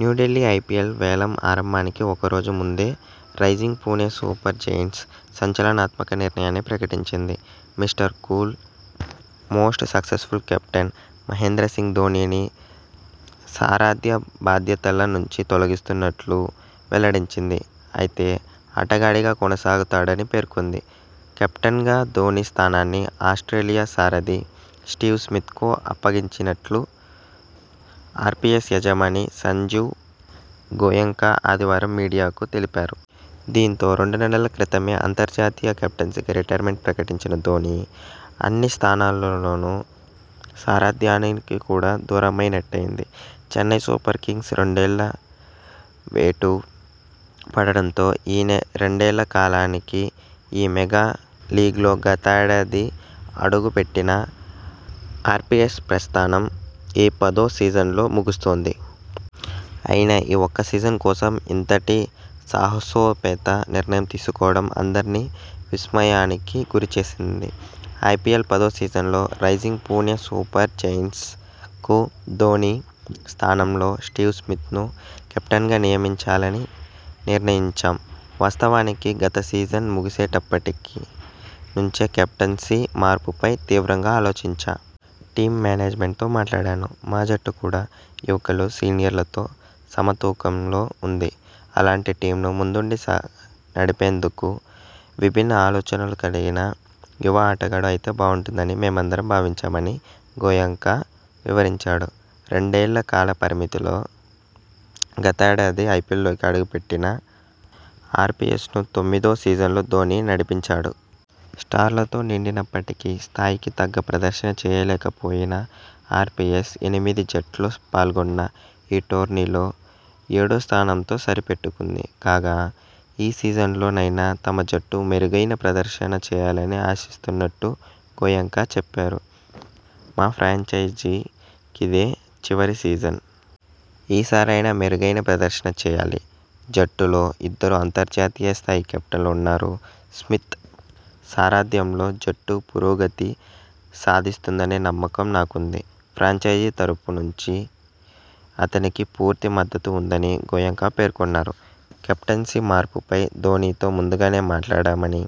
New Delhi IPL వేలం ఆరంభానికి ఒక రోజు ముందే రైజింగ్ పుణె సూపర్ జెయింట్స్ సంచలనాత్మక నిర్ణయాన్ని ప్రకటించింది. Mister Cool, most successful captain Mahendra Singh ధోనీని సారథ్య బాధ్యతల నుంచి తొలగిస్తున్నట్టు వెల్లడించింది. అయితే ఆటగాడిగా కొనసాగుతాడని పేర్కొంది. కెప్టెన్గా ధోనీ స్థానాన్ని ఆస్ట్రేలియా సారథి స్టీవ్ స్మిత్ కు అప్పగించినట్లు ఆర్పీఎస్ యజమాని సంజీవ్ గోయెంకా ఆదివారం మీడియాకు తెలిపారు. దీంతో రెండు నెలల క్రితమే అంతర్జాతీయ కెప్టెన్సీకి రిటైర్మెంట్ ప్రకటించిన ధోనీ.. అన్ని స్థాయిల్లోనూ సారథ్యానికి కూడా దూరమై నట్టయింది. చెన్నై సూప ర్ కింగ్స్పై రెండేళ్లు వేటు పడడంతో ఈ రెండేళ్ల కాలానికి ఈ మెగా లీగ్లో గతేడాది అడుగు పెట్టిన ఆర్పీఎస్ ప్ర స్థానం ఈ పదో సీజన్తో ముగుస్తుంది. అయినా ఈ ఒక్క సీజన్ కోసం ఇంతటి సాహసో పేత నిర్ణయం తీసుకోవడం అందర్నీ విస్మయానికి గురి చేసింది. ఐపీఎల్ పదో సీజన్లో రైజింగ్ పుణె సూపర్ జెయింట్స్కు ధోనీ స్థానంలో స్టీవ్ స్మిత్ ను కెప్టెన్గా నియమించాలని నిర్ణయించాం. వాస్తవానికి గత సీజన్ ముగిసినప్పటి నుంచే కెప్టెన్సీ మార్పు పై తీవ్రంగా ఆలోచించా. టీమ్ మేనేజ్మెంట్తో మాట్లాడాను. మా జట్టు కూడా యువకులు, సీనియర్లతో సమ తూకంలో ఉంది. అలాంటి టీమ్ను ముందుండి నడిపించేందుకు విభిన్న ఆలోచనలు కలిగిన యువ ఆటగాడు అయితే బాగుంటుందని మేమందరం భావించామని గోయెంకా వివరించాడు. రెండేళ్ల కాల పరిమితి తో గతేడాది ఐపీఎల్లోకి అడుగు పెట్టిన ఆర్పీఎస్ను తొమ్మిదో సీజన్లో ధోనీ నడిపించాడు. స్టార్లతో నిండి నప్పటికీ స్థాయికి తగ్గ ప్రదర్శన చేయలేక పోయిన ఆర్పీఎస్ ఎనిమిది జట్లు పాల్గొన్న ఈ టోర్నీలో ఏడో స్థానంతో సరి పెట్టుకుంది. కాగా, ఈ సీజన్లో నైనా తమ జట్టు మెరుగైన ప్రదర్శన చేయాలని ఆశిస్తున్నట్టు గోయెంకా చెప్పారు. మా ఫ్రాంచైజీ కిదే చివరి సీజన్. ఈ సారైనా మెరుగైన ప్రదర్శన చేయాలి. జట్టులో ఇద్దరు అంతర్జాతీయ స్థాయి కెప్టెన్లు ఉన్నారు. స్మిత్ సారథ్యంలో జట్టు పురోగతి సాధిస్తుందనే నమ్మకం నాకుంది. ఫ్రాంచైజీ తరఫు నుంచి అతనికి పూర్తి మద్దతు ఉంటుందని గోయెంకా పేర్కొన్నారు. కెప్టెన్సీ మార్పుపై ధోనీతో ముందుగానే మాట్లాడామని,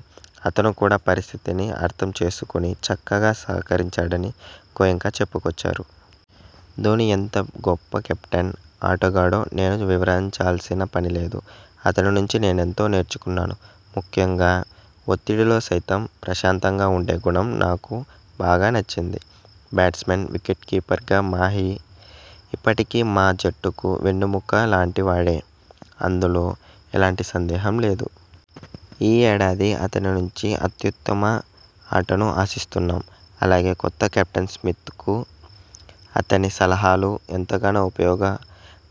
అతను కూడా పరిస్థితిని అర్థం చేసుకుని చక్కగా సహకరించాడని గోయెంకా చెప్పుకొచ్చారు. ధోనీ ఎంత గొప్ప కెప్టెన్, ఆటగాడో నేను వివరించాల్సిన పనిలేదు. అతని నుంచి నేనెంతో నేర్చుకున్నాను. ముఖ్యంగా ఒత్తిడిలో సైతం ప్రశాంతంగా ఉండే గుణం నాకు బాగా నచ్చింది. బ్యాట్స్మన్, వికెట్ కీపర్గా మహీ ఇప్పటికీ మా జట్టుకు వెన్నెముక లాంటి వాడే. అందులో ఎలాంటి సందేహం లేదు. ఈ ఏడాది అతని నుంచి అత్యుత్తమ ఆటను ఆశిస్తున్నాం. అలాగే కొత్త కెప్టెన్ స్మితకు అతని సలహాలు ఎంతగానో ఉపయోగ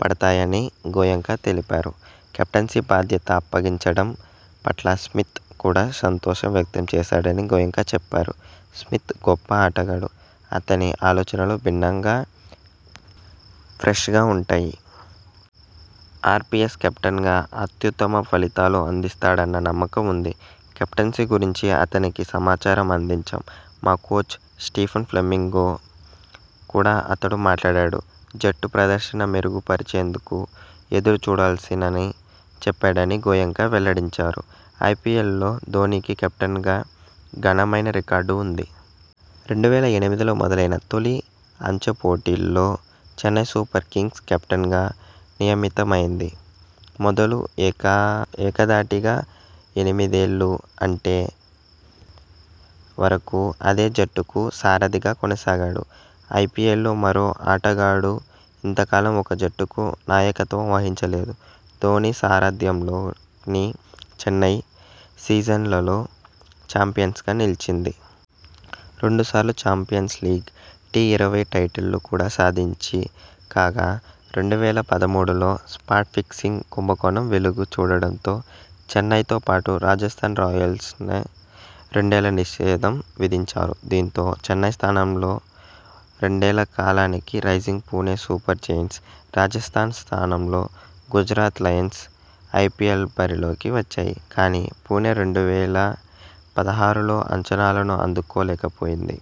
పడతాయని గోయెంకా తెలిపారు. కెప్టెన్సీ బాధ్యత అప్పగించడం పట్ల స్మిత్ కూడా సంతోషం వ్యక్తం చేశాడని గోయెంకా చెప్పారు. స్మిత్ గొప్ప ఆటగాడు. అతని ఆలోచనలు భిన్నం గా, ఫ్రెష్గా ఉంటాయి. ఆర్పీఎస్ కెప్టెన్గా అత్యుత్తమ ఫలితాలు అందిస్తాడన్న నమ్మకం ఉంది. కెప్టెన్సీ గురించి అతనికి సమాచారం అందించాం. మా కోచ్ స్టీఫెన్ ఫ్లెమింగ్తో కూడా అతడు మాట్లాడాడు. జట్టు ప్రదర్శన మెరుగు పర్చేందుకు ఎదురు చూస్తున్నానని చెప్పాడని గోయెంకా వెల్లడించారు. ఐపీఎల్లో ధోనీకి కెప్టెన్గా ఘనమైన రికార్డు ఉంది. రెండు వేల ఎనిమిదిలో మొదలైన తొలి అంచె పోటీల్లో చెన్నై సూపర్ కింగ్స్కు కెప్టెన్గా నియమిత మైంది మొదలు ఏకధాటిగా ఎనిమిదేళ్లు, అంటే వరకూ అదే జట్టుకు సారథిగా కొనసాగాడు. ఐపీఎల్లో మరే ఆటగాడూ ఇంత కాలం ఒక జట్టుకు నాయకత్వం వహించలేదు. ధోనీ సారథ్యంలోని చెన్నై, సీజన్లలో చాంపియన్గా నిలిచింది. రెండు సార్లు చాంపియన్స్ లీగ్ టీ ,ఇరవై టైటిళ్లు కూడా సాధించింది కాగా, రెండు వేల పదమూడులో స్పాట్ ఫిక్సింగ్ కుంభ కోణం వెలుగు చూడడంతో చెన్నైతో పాటు రాజస్థాన్ రాయల్స్పైనా రెండేళ్ల నిషేధం విధించారు దీంతో చెన్నై స్థానంలో రెండేళ్ల కాలానికి Rising Pune Super Giants, Rajasthan స్థానంలో గుజరాత్ లయన్స్ ఐపీఎల్ బరిలోకి వచ్చాయి. కానీ, పుణె రెండు వేల పదహారులో అంచనాలను అందుకో లేకపోయింది